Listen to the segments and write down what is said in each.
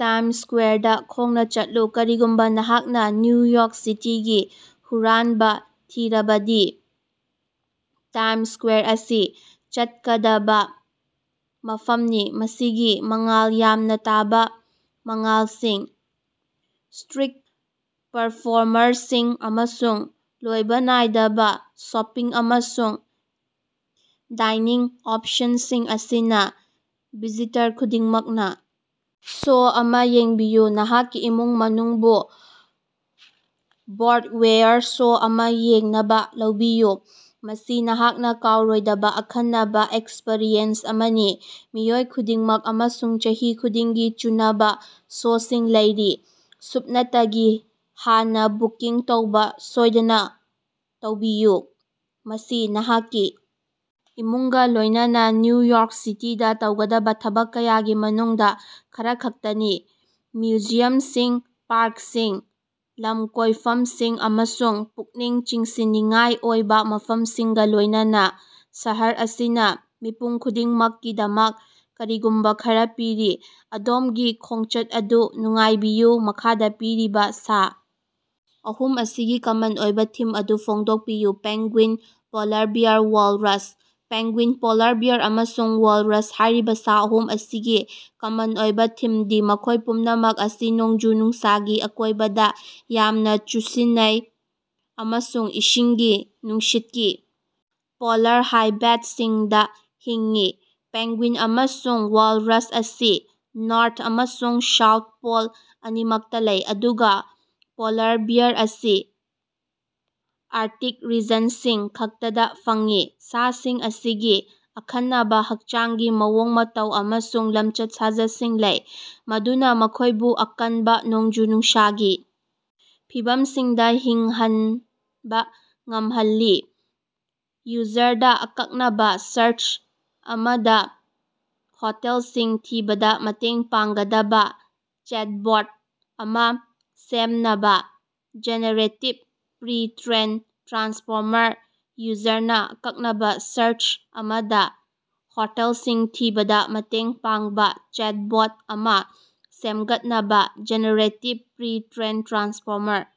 Times ꯁ꯭ꯀꯋꯥꯔꯗ ꯈꯣꯡꯅ ꯆꯠꯂꯨ꯫ ꯀꯔꯤꯒꯨꯝꯕ ꯅꯍꯥꯛꯅ ꯅ꯭ꯌꯨ ꯌꯣꯔꯛ ꯁꯤꯇꯤꯒꯤ ꯍꯨꯔꯥꯟꯕ ꯊꯤꯔꯕꯗꯤ ꯇꯥꯏꯝꯁ ꯁ꯭ꯀꯋꯥꯔ ꯑꯁꯤ ꯆꯠꯀꯗꯕ ꯃꯐꯝꯅꯤ꯫ ꯃꯁꯤꯒꯤ ꯃꯉꯥꯜ ꯌꯥꯝꯅ ꯇꯥꯕ ꯃꯉꯥꯜꯁꯤꯡ, ꯁ꯭ꯇꯔꯤꯛ ꯄꯔꯐꯣꯔꯃꯔꯁꯤꯡ ꯑꯃꯁꯨꯡ ꯂꯣꯏꯕ ꯅꯥꯏꯗꯕ ꯁꯣꯄꯤꯡ ꯑꯃꯁꯨꯡ ꯗꯥꯏꯅꯤꯡ ꯑꯣꯞꯁꯟꯁꯤꯡ ꯑꯁꯤꯅ ꯚꯤꯖꯤꯇꯔ ꯈꯨꯗꯤꯡꯃꯛꯅ ꯁꯣ ꯑꯃ ꯌꯦꯡꯕꯤꯌꯨ: ꯅꯍꯥꯛꯀꯤ ꯏꯃꯨꯡ ꯃꯅꯨꯡꯕꯨ ꯕ꯭ꯔꯣꯗꯋꯦꯌꯔ ꯁꯣ ꯑꯃ ꯌꯦꯡꯅꯕ ꯂꯧꯕꯤꯌꯨ, ꯃꯁꯤ ꯅꯍꯥꯛꯅ ꯀꯥꯎꯔꯣꯏꯗꯕ ꯑꯈꯟꯅꯕ ꯑꯦꯛꯁꯄꯔꯤꯌꯦꯟꯁ ꯑꯃꯅꯤ꯫ ꯃꯤꯑꯣꯏ ꯈꯨꯗꯤꯡꯃꯛ ꯑꯃꯁꯨꯡ ꯆꯍꯤ ꯈꯨꯗꯤꯡꯒꯤ ꯆꯨꯅꯕ ꯁꯣꯁꯤꯡ ꯂꯩꯔꯤ, ꯁꯨꯞꯅꯇꯒꯤ ꯍꯥꯟꯅ ꯕꯨꯀꯤꯡ ꯇꯧꯕ ꯁꯣꯏꯗꯅ ꯇꯧꯕꯤꯌꯨ꯫ ꯃꯁꯤ ꯅꯍꯥꯛꯀꯤ ꯏꯃꯨꯡꯒ ꯂꯣꯏꯅꯅ ꯅ꯭ꯌꯨ ꯌꯣꯔꯛ ꯁꯤꯇꯤꯗ ꯇꯧꯒꯗꯕ ꯊꯕꯛ ꯀꯌꯥꯒꯤ ꯃꯅꯨꯡꯗ ꯈꯔꯈꯛꯇꯅꯤ꯫ ꯃ꯭ꯌꯨꯖꯤꯌꯝꯁꯤꯡ, ꯄꯥꯔꯛꯁꯤꯡ, ꯂꯝꯀꯣꯏꯐꯝꯁꯤꯡ ꯑꯃꯁꯨꯡ ꯄꯨꯛꯅꯤꯡ ꯆꯤꯡꯁꯤꯟꯅꯤꯡꯉꯥꯏ ꯑꯣꯏꯕ ꯃꯐꯝꯁꯤꯡꯒ ꯂꯣꯏꯅꯅ ꯁꯍꯔ ꯑꯁꯤꯅ ꯃꯤꯄꯨꯝ ꯈꯨꯗꯤꯡꯃꯛꯀꯤꯗꯃꯛ ꯀꯔꯤꯒꯨꯝꯕ ꯈꯔ ꯄꯤꯔꯤ꯫ ꯑꯗꯣꯝꯒꯤ ꯈꯣꯡꯆꯠ ꯑꯗꯨ ꯅꯨꯡꯉꯥꯏꯕꯤꯌꯨ꯫ ꯃꯈꯥꯗ ꯄꯤꯔꯤꯕ ꯁꯥ ꯑꯍꯨꯝ ꯑꯁꯤꯒꯤ ꯀꯃꯟ ꯑꯣꯏꯕ ꯊꯤꯝ ꯑꯗꯨ ꯐꯣꯡꯗꯣꯛꯄꯤꯌꯨ꯫ Penguin, polar bear, walrus. Penguin, polar bear ꯑꯃꯁꯨꯡ ꯋꯥꯂꯔꯁ ꯍꯥꯏꯔꯤꯕ ꯁꯥ ꯑꯍꯨꯝ ꯑꯁꯤꯒꯤ ꯀꯃꯟ ꯑꯣꯏꯕ ꯊꯤꯝꯗꯤ ꯃꯈꯣꯏ ꯄꯨꯝꯅꯃꯛ ꯑꯁꯤ ꯅꯣꯡꯖꯨ-ꯅꯨꯡꯁꯥꯒꯤ ꯑꯀꯣꯏꯕꯗ ꯌꯥꯝꯅ ꯆꯨꯁꯤꯟꯅꯩ ꯑꯃꯁꯨꯡ ꯏꯁꯤꯡꯒꯤ ꯅꯨꯡꯁꯤꯠꯀꯤ, ꯄꯣꯂꯥꯔ ꯍꯥꯏꯕꯦꯠꯁꯤꯡꯗ ꯍꯤꯡꯏ꯫ ꯄꯦꯡꯒꯨꯏꯟ ꯑꯃꯁꯨꯡ ꯋꯥꯜꯔꯁ ꯑꯁꯤ ꯅꯣꯔꯊ ꯑꯃꯁꯨꯡ ꯁꯥꯎꯊ ꯄꯣꯜ ꯑꯅꯤꯃꯛꯇ ꯂꯩ, ꯑꯗꯨꯒ ꯄꯣꯂꯥꯔ ꯕꯤꯌꯥꯔ ꯑꯁꯤ ꯑꯥꯔꯛꯇꯤꯛ ꯔꯤꯖꯟꯁꯤꯡ ꯈꯛꯇꯗ ꯐꯪꯏ꯫ ꯁꯥꯁꯤꯡ ꯑꯁꯤꯒꯤ ꯑꯈꯟꯅꯕ ꯍꯛꯆꯥꯡꯒꯤ ꯃꯑꯣꯡ-ꯃꯇꯧ ꯑꯃꯁꯨꯡ ꯂꯝꯆꯠ-ꯁꯥꯖꯠꯁꯤꯡ ꯂꯩ, ꯃꯗꯨꯅ ꯃꯈꯣꯏꯕꯨ ꯑꯀꯟꯕ, ꯅꯣꯡꯖꯨ-ꯅꯨꯡꯁꯥꯒꯤ ꯐꯤꯚꯝꯁꯤꯡꯗ ꯍꯤꯡꯍꯟꯕ ꯉꯝꯍꯜꯂꯤ꯫ ꯌꯨꯖꯔꯗ ꯑꯀꯛꯅꯕ ꯁꯍꯔ ꯑꯃꯗ ꯍꯣꯇꯦꯜꯁꯤꯡ ꯊꯤꯕꯗ ꯃꯇꯦꯡ ꯄꯥꯡꯒꯗꯕ ꯆꯦꯠꯕꯣꯠ ꯑꯃ ꯁꯦꯝꯅꯕ ꯖꯦꯅꯦꯔꯦꯇꯤꯕ ꯄ꯭ꯔꯤ- ꯇ꯭ꯔꯦꯟ ꯇ꯭ꯔꯥꯟꯁꯐꯣꯔꯃꯔ ꯌꯨꯖꯔꯅ ꯑꯀꯛꯅꯕ ꯁꯍꯔ ꯑꯃꯗ ꯍꯣꯇꯦꯜꯁꯤꯡ ꯊꯤꯕꯗ ꯃꯇꯦꯡ ꯄꯥꯡꯕ ꯆꯦꯠꯕꯣꯠ ꯑꯃ ꯁꯦꯝꯒꯠꯅꯕ ꯖꯦꯅꯦꯔꯦꯇꯤꯕ ꯄ꯭ꯔꯤ- ꯇ꯭ꯔꯦꯟ ꯇ꯭ꯔꯥꯟꯁꯐꯣꯔꯃꯔ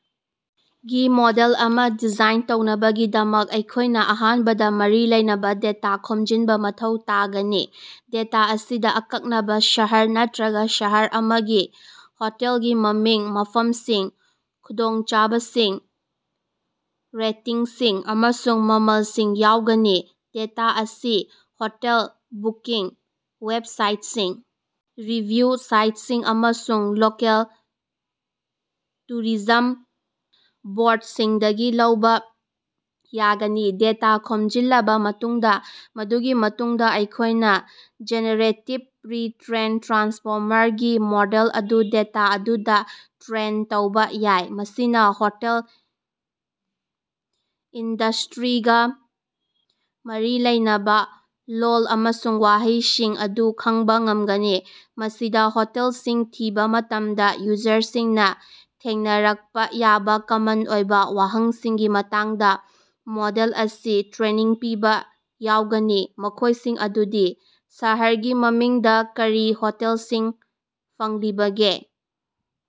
ꯒꯤ ꯃꯣꯗꯦꯜ ꯑꯃ ꯗꯤꯖꯥꯏꯟ ꯇꯧꯅꯕꯒꯤꯗꯃꯛ ꯑꯩꯈꯣꯏꯅ ꯑꯍꯥꯟꯕꯗ ꯃꯔꯤ ꯂꯩꯅꯕ ꯗꯦꯇꯥ ꯈꯣꯝꯖꯤꯟꯕ ꯃꯊꯧ ꯇꯥꯒꯅꯤ꯫ ꯗꯦꯇꯥ ꯑꯁꯤꯗ ꯑꯀꯛꯅꯕ ꯁꯍꯔ ꯅꯠꯇ꯭ꯔꯒ ꯁꯍꯔ ꯑꯃꯒꯤ ꯍꯣꯇꯦꯜꯒꯤ ꯃꯃꯤꯡ, ꯃꯐꯝꯁꯤꯡ, ꯈꯨꯗꯣꯡꯆꯥꯕꯁꯤꯡ, ꯔꯦꯇꯤꯡꯁꯤꯡ, ꯑꯃꯁꯨꯡ ꯃꯃꯜꯁꯤꯡ ꯌꯥꯎꯒꯅꯤ꯫ ꯗꯦꯇꯥ ꯑꯁꯤ ꯍꯣꯇꯦꯜ ꯕꯨꯀꯤꯡ ꯋꯦꯕꯁꯥꯏꯠꯁꯤꯡ, ꯔꯤꯚꯤꯌꯨ ꯁꯥꯏꯠꯁꯤꯡ, ꯑꯃꯁꯨꯡ ꯂꯣꯀꯦꯜ ꯇꯨꯔꯤꯖꯝ ꯕꯣꯔꯗꯁꯤꯡꯗꯒꯤ ꯂꯧꯕ ꯌꯥꯒꯅꯤ꯫ ꯗꯦꯇꯥ ꯈꯣꯝꯖꯤꯜꯂꯕ ꯃꯇꯨꯡꯗ, ꯃꯗꯨꯒꯤ ꯃꯇꯨꯡꯗ ꯑꯩꯈꯣꯏꯅ ꯖꯦꯅꯦꯔꯦꯇꯤꯕ ꯄ꯭ꯔꯤ- ꯇ꯭ꯔꯦꯟ ꯇ꯭ꯔꯥꯟꯁꯐꯣꯔꯃꯔ ꯒꯤ ꯃꯣꯗꯦꯜ ꯑꯗꯨ ꯗꯦꯇꯥ ꯑꯗꯨꯗ ꯇ꯭ꯔꯦꯟ ꯇꯧꯕ ꯌꯥꯏ, ꯃꯁꯤꯅ ꯍꯣꯇꯦꯜ ꯏꯟꯗꯁꯇ꯭ꯔꯤꯒ ꯃꯔꯤ ꯂꯩꯅꯕ ꯂꯣꯜ ꯑꯃꯁꯨꯡ ꯋꯥꯍꯩꯁꯤꯡ ꯑꯗꯨ ꯈꯪꯕ ꯉꯝꯒꯅꯤ꯫ ꯃꯁꯤꯗ ꯍꯣꯇꯦꯜꯁꯤꯡ ꯊꯤꯕ ꯃꯇꯝꯗ ꯌꯨꯖꯔꯁꯤꯡꯅ ꯊꯦꯡꯅꯔꯛꯄ ꯌꯥꯕ ꯀꯃꯟ ꯑꯣꯏꯕ ꯋꯥꯍꯪꯁꯤꯡꯒꯤ ꯃꯇꯥꯡꯗ ꯃꯣꯗꯦꯜ ꯑꯁꯤ ꯇ꯭ꯔꯦꯅꯤꯡ ꯄꯤꯕ ꯌꯥꯎꯒꯅꯤ, ꯃꯈꯣꯏꯁꯤꯡ ꯑꯗꯨꯗꯤ: ꯁꯍꯔꯒꯤ ꯃꯃꯤꯡ ꯗ ꯀꯔꯤ ꯍꯣꯇꯦꯜꯁꯤꯡ ꯐꯪꯂꯤꯕꯒꯦ?